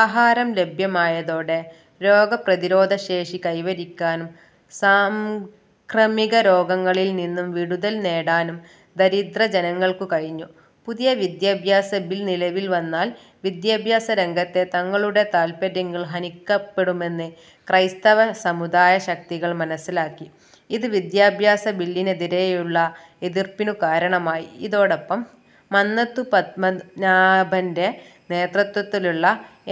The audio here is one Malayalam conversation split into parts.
ആഹാരം ലഭ്യമായതോടെ, രോഗപ്രതിരോധശേഷി കൈവരിക്കാനും, സാംക്രമികരോഗങ്ങളിൽ നിന്നും വിടുതൽ നേടാനും ദരിദ്രജനങ്ങൾക്കു കഴിഞ്ഞു. പുതിയ വിദ്യാഭ്യാസ ബിൽ നിലവിൽ വന്നാൽ വിദ്യാഭ്യാസരംഗത്തെ തങ്ങളുടെ താൽപര്യങ്ങൾ ഹനിക്കപ്പെടുമെന്ന് ക്രൈസ്തവ സമുദായശക്തികൾ മനസ്സിലാക്കി. ഇത് വിദ്യാഭ്യാസബില്ലിനെതിരേയുള്ള എതിർപ്പിനു കാരണമായി. ഇതോടൊപ്പം മന്നത്തു പദ്മനാഭന്റെ നേതൃത്വത്തിലുള്ള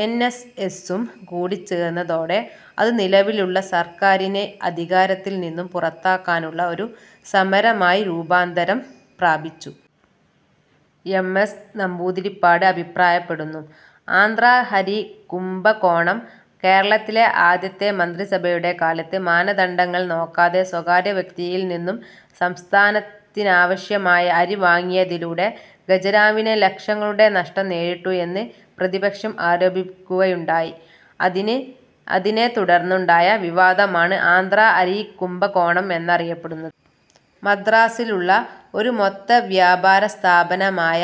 എൻ. എസ്. എസ്സും കൂടി ചേർന്നതോടെ അത് നിലവിലുള്ള സർക്കാരിനെ അധികാരത്തിൽ നിന്നും പുറത്താക്കാനുള്ള ഒരു സമരമായി രൂപാന്തരം പ്രാപിച്ചു. എം. എസ്സ് നമ്പൂതിരിപ്പാട് അഭിപ്രായപ്പെടുന്നു. ആന്ധ്രാ അരി കുംഭകോണം: കേരളത്തിലെ ആദ്യത്തെ മന്ത്രിസഭയുടെ കാലത്ത് മാനദണ്ഡങ്ങൾ നോക്കാതെ സ്വകാര്യ വ്യക്തിയിൽ നിന്നും സംസ്ഥാനത്തിനാവശ്യമായ അരി വാങ്ങിയതിലൂടെ ഖജനാവിന് ലക്ഷങ്ങളുടെ നഷ്ടം നേരിട്ടു എന്ന് പ്രതിപക്ഷം ആരോപിക്കുകയുണ്ടായി, അതിനെ തുടർന്നുണ്ടായ വിവാദമാണ് ആന്ധ്രാ അരി കുംഭകോണം എന്നറിയപ്പെടുന്നത്. മദ്രാസ്സിലുള്ള ഒരു മൊത്തവ്യാപാരസ്ഥാപനമായ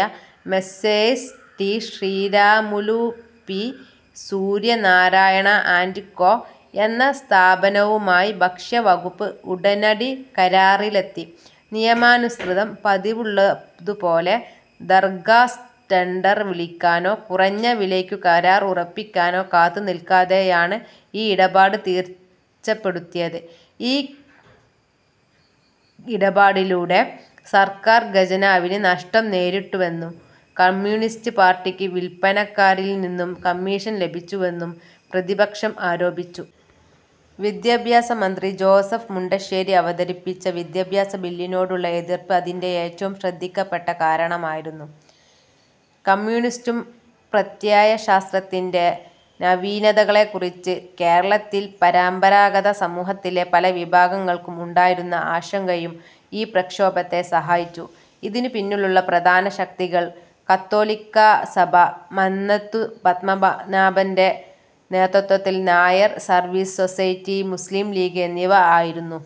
"Messrs T. Sriramulu, P. Suryanarayana & Co. " എന്ന സ്ഥാപനവുമായി ഭക്ഷ്യവകുപ്പ് ഉടനടി കരാറിലെത്തി. നിയമാനുസൃതം പതിവുള്ളതുപോലെ ദർഘാസ് ടെണ്ടർ വിളിക്കാനോ കുറഞ്ഞ വിലയ്ക്കു് കരാർ ഉറപ്പിക്കാനോ കാത്തുനിൽക്കാതെയാണു് ഈ ഇടപാട് തീർച്ചപ്പെടുത്തിയതു്. ഈ ഇടപാടിലൂടെ സർക്കാർ ഖജനാവിന് നഷ്ടം നേരിട്ടുവെന്നും, കമ്മ്യൂണിസ്റ്റ് പാർട്ടിക്ക് വില്പനക്കാരനിൽ നിന്നും കമ്മീഷൻ ലഭിച്ചുവെന്നും പ്രതിപക്ഷം ആരോപിച്ചു. വിദ്യാഭ്യാസമന്ത്രി ജോസഫ് മുണ്ടശ്ശേരി അവതരിപ്പിച്ച വിദ്യാഭ്യാസ ബില്ലിനോടുള്ള എതിർപ്പ് അതിന്റെ ഏറ്റവും ശ്രദ്ധിക്കപ്പെട്ട കാരണമായിരുന്നു. കമ്മ്യൂണിസ്റ്റു പ്രത്യയശാസ്ത്രത്തിന്റെ നവീനതകളെക്കുറിച്ച് കേരളത്തിൽ പരമ്പരാഗത സമൂഹത്തിലെ പലവിഭാഗങ്ങൾക്കും ഉണ്ടായിരുന്ന ആശങ്കയും ഈ പ്രക്ഷോഭത്തെ സഹായിച്ചു. ഇതിനു പിന്നിലുള്ള പ്രധാന ശക്തികൾ കത്തോലിക്കാ സഭ, മന്നത്തു പത്മനാഭന്റെ നേതൃത്വത്തിൽ Nair Service Society, Muslim League എന്നിവ ആയിരുന്നു.